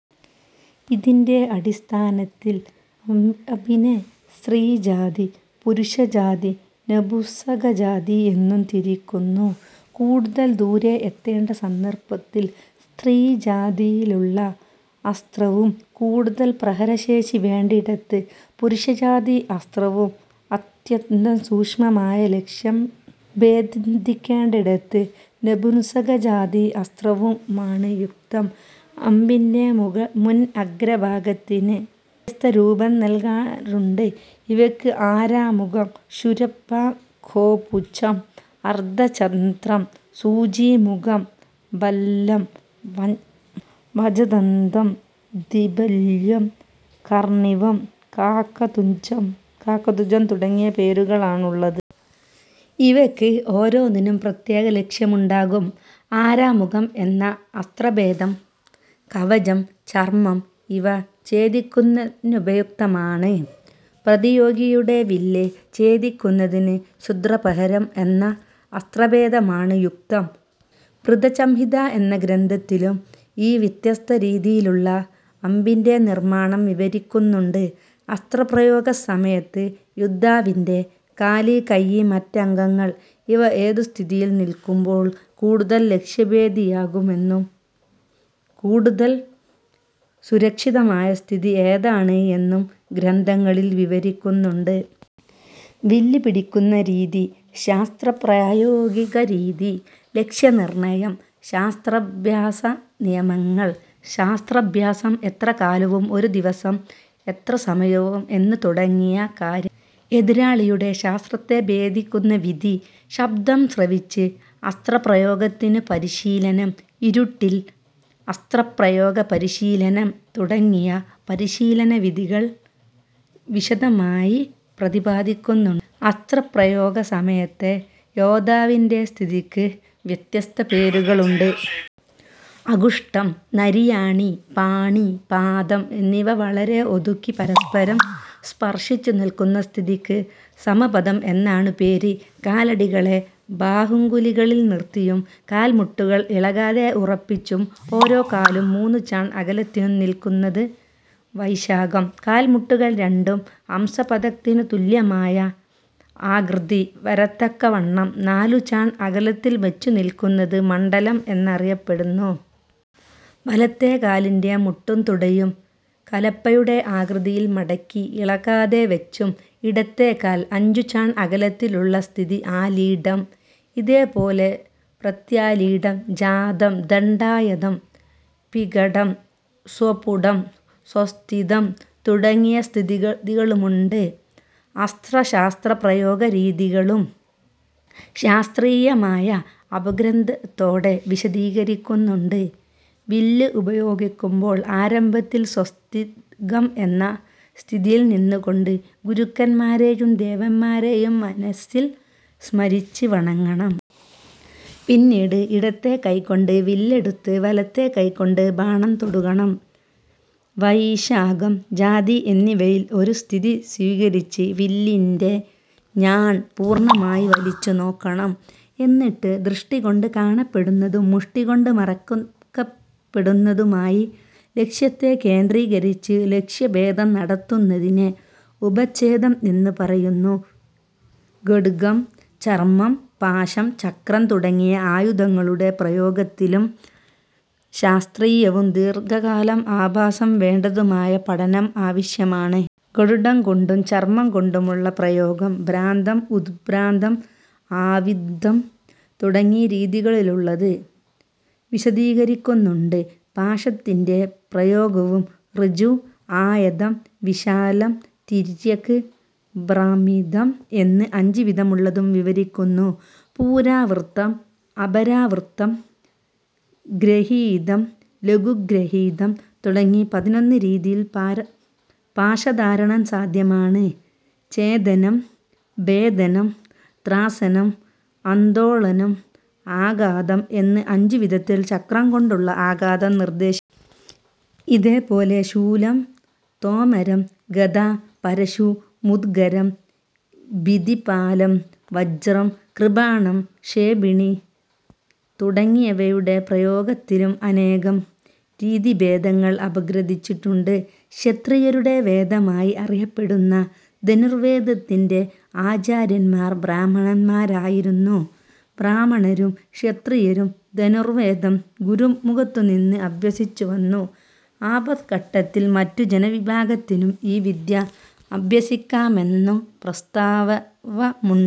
ഇതിന്റെ അടിസ്ഥാനത്തിൽ അമ്പിനെ സ്ത്രീജാതി, പുരുഷജാതി, നപുംസകജാതി എന്നു തിരിക്കുന്നു. കൂടുതൽ ദൂരെ എത്തേണ്ട സന്ദർഭത്തിൽ സ്ത്രീജാതിയിലുള്ള അസ്ത്രവും കൂടുതൽ പ്രഹരശേഷി വേണ്ടിടത്ത് പുരുഷജാതി അസ്ത്രവും അത്യന്തം സൂക്ഷ്മമായ ലക്ഷ്യം ഭേദിക്കേണ്ടിടത്ത് നപുംസകജാതി അസ്ത്രവുമാണ് യുക്തം. അമ്പിന്റെ മുൻ അഗ്രഭാഗത്തിന് വ്യത്യസ്തരൂപം നല്കാറുണ്ട്. ഇവയ്ക്ക് ആരാമുഖം, ക്ഷുരപ്രം, ഗോപുച്ഛം, അർധചന്ദ്രം, സൂചീമുഖം, ഭല്ലം, വത്സദന്തം, ദ്വിഭല്ലം, കർണികം, കാകതുണ്ഡം തുടങ്ങിയ പേരുകളാണ് ഉള്ളത്. ഇവയ്ക്ക് ഓരോന്നിനും പ്രത്യേക ലക്ഷ്യം ഉണ്ടാകും. ആരാമുഖം എന്ന അസ്ത്രഭേദം കവചം, ചർമം ഇവ ഛേദിക്കുന്നതിനുപയുക്തമാണ്. പ്രതിയോഗിയുടെ വില്ല് ഛേദിക്കുന്നതിന് ക്ഷുദ്രപ്രഹരം എന്ന അസ്ത്രഭേദമാണ് യുക്തം. ബൃഹത്സംഹിത എന്ന ഗ്രന്ഥത്തിലും ഈ വ്യത്യസ്ത രീതിയിലുള്ള അമ്പിന്റെ നിർമ്മാണം വിവരിക്കുന്നുണ്ട്. അസ്ത്രപ്രയോഗസമയത്ത് യോദ്ധാവിന്റെ കാല്, കയ്യ്, മറ്റംഗങ്ങൾ ഇവ ഏതു സ്ഥിതിയിൽ നിൽക്കുമ്പോൾ കൂടുതൽ ലക്ഷ്യഭേദിയാകും എന്നും കൂടുതൽ സുരക്ഷിതമായ സ്ഥിതി ഏതാണ് എന്നും ഗ്രന്ഥങ്ങളിൽ വിവരിക്കുന്നുണ്ട്. വില്ല് പിടിക്കുന്ന രീതി, ശസ്ത്രപ്രയോഗരീതി, ലക്ഷ്യനിർണയം, ശസ്ത്രാഭ്യാസ നിയമങ്ങൾ, ശസ്ത്രാഭ്യാസം എത്ര കാലവും ഒരു ദിവസം എത്രസമയവും എന്നു തുടങ്ങിയ കാര്യങ്ങൾ, എതിരാളിയുടെ ശസ്ത്രത്തെ ഭേദിക്കുന്ന വിധി, ശബ്ദം ശ്രവിച്ച് അസ്ത്രപ്രയോഗത്തിനു പരിശീലനം, ഇരുട്ടിൽ അസ്ത്രപ്രയോഗ പരിശീലനം തുടങ്ങിയ പരിശീലനവിധികൾ വിശദമായി പ്രതിപാദിക്കുന്നുണ്ട്. അസ്ത്രപ്രയോഗസമയത്തെ യോദ്ധാവിന്റെ സ്ഥിതിക്ക് വ്യത്യസ്ത പേരുകളുണ്ട്. അംഗുഷ്ഠം, നരിയാണി, പാണി, പാദം എന്നിവ വളരെ ഒതുക്കി പരസ്പരം സ്പർശിച്ചു നിൽക്കുന്ന സ്ഥിതിക്ക് സമപദം എന്നാണു പേര്. കാലടികളെ ബാഹ്യംഗുലികളിൽ നിർത്തിയും കാൽമുട്ടുകൾ ഇളകാതെ ഉറപ്പിച്ചും ഓരോ കാലും മൂന്നുചാൺ അകലത്തിലും നിൽക്കുന്നത് വൈശാഖം. കാൽമുട്ടുകൾ രണ്ടും ഹംസപംക്തിതുല്യമായ ആകൃതി വരത്തക്കവണ്ണം നാലുചാൺ അകലത്തിൽവച്ചു നിൽക്കുന്നത് മണ്ഡലം എന്നറിയപ്പെടുന്നു. വലത്തേക്കാലിന്റെ മുട്ടും തുടയും കലപ്പയുടെ ആകൃതിയിൽ മടക്കി ഇളകാതെവച്ചും ഇടത്തേക്കാൽ അഞ്ചുചാൺ അകലത്തിലുമുള്ള സ്ഥിതി ആലീഢം. ഇതേപോലെ പ്രത്യാലീഢം, ജാതം, ദണ്ഡായതം, വികടം, സ്വപുടം, സ്വസ്തികം തുടങ്ങിയ സ്ഥിതികളുമുണ്ട്. അസ്ത്രശസ്ത്രപ്രയോഗ രീതികളും ശാസ്ത്രീയമായ അപഗ്രഥനത്തോടെ വിശദീകരിക്കുന്നുണ്ട്. വില്ല് ഉപയോഗിക്കുമ്പോൾ ആരംഭത്തിൽ സ്വസ്തികം എന്ന സ്ഥിതിയിൽ നിന്നുകൊണ്ട് ഗുരുക്കന്മാരെയും ദേവതമാരെയും മനസ്സിൽ സ്മരിച്ച് വണങ്ങണം. പിന്നീട് ഇടത്തേ കൈകൊണ്ട് വില്ലെടുത്ത് വലത്തേ കൈകൊണ്ട് ബാണം തൊടുക്കണം. വൈശാഖം, ജാതി എന്നിവയിൽ ഒരു സ്ഥിതി സ്വീകരിച്ച് വില്ലിന്റെ ഞാൺ പൂർണമായി വലിച്ചുനോക്കണം. എന്നിട്ട് ദൃഷ്ടികൊണ്ടു കാണപ്പെടുന്നതും മുഷ്ടികൊണ്ടു മറയ്ക്കപ്പെടുന്നതുമായി ലക്ഷ്യത്തെ കേന്ദ്രീകരിച്ച് ലക്ഷ്യഭേദം നടത്തുന്നതിനെ ഉപച്ഛേദം എന്നു പറയുന്നു. ഖഡ്ഗം, ചർമം, പാശം, ചക്രം തുടങ്ങിയ ആയുധങ്ങളുടെ പ്രയോഗത്തിലും ശാസ്ത്രീയവും ദീർഘകാലം അഭ്യാസം വേണ്ടതുമായ പഠനം ആവശ്യമാണ്. ഖഡ്ഗംകൊണ്ടും ചർമംകൊണ്ടുമുള്ള പ്രയോഗം ഭ്രാന്തം, ഉദ്ഭ്രാന്തം, ആവിദ്ധം തുടങ്ങി രീതികളിലുള്ളത് വിശദീകരിക്കുന്നുണ്ട്. പാശത്തിന്റെ പ്രയോഗവും ഋജു, ആയതം, വിശാലം, തിര്യക്ക്, ഭ്രാമിതം എന്ന് അഞ്ച് വിധമുള്ളതും വിവരിക്കുന്നു. പുരാവൃത്തം, അപരാവൃത്തം, ഗൃഹീതം, ലഘുഗൃഹീതം തുടങ്ങി പതിനൊന്ന് രീതിയിൽ പാശധാരണം സാധ്യമാണ്. ഛേദനം, ഭേദനം, ത്രാസനം, ആന്ദോളനം, ആഘാതം എന്ന് അഞ്ചുവിധത്തിൽ ചക്രംകൊണ്ടുള്ള ആഘാതം നിർദ്ദേശിക്കുന്നു. ഇതേപോലെ ശൂലം, തോമരം, ഗദ, പരശു, മുദ്ഗരം, ഭിന്ദിപാലം, വജ്രം, കൃപാണം, ക്ഷേപിണി തുടങ്ങിയവയുടെ പ്രയോഗത്തിനും അനേകം രീതിഭേദങ്ങൾ അപഗ്രഥിച്ചിട്ടുണ്ട്. ക്ഷത്രിയരുടെ വേദമായി അറിയപ്പെടുന്ന ധനുർവേദത്തിന്റെ ആചാര്യന്മാർ ബ്രാഹ്മണരായിരുന്നു. ബ്രാഹ്മണരും ക്ഷത്രിയരും ധനുർവേദം ഗുരുമുഖത്തുനിന്ന് അഭ്യസിച്ചുവന്നു. ആപദ്ഘട്ടത്തിൽ മറ്റു ജനവിഭാഗത്തിനും ഈ വിദ്യ അഭ്യസിക്കാമെന്നു പ്രസ്താവമുണ്ട്.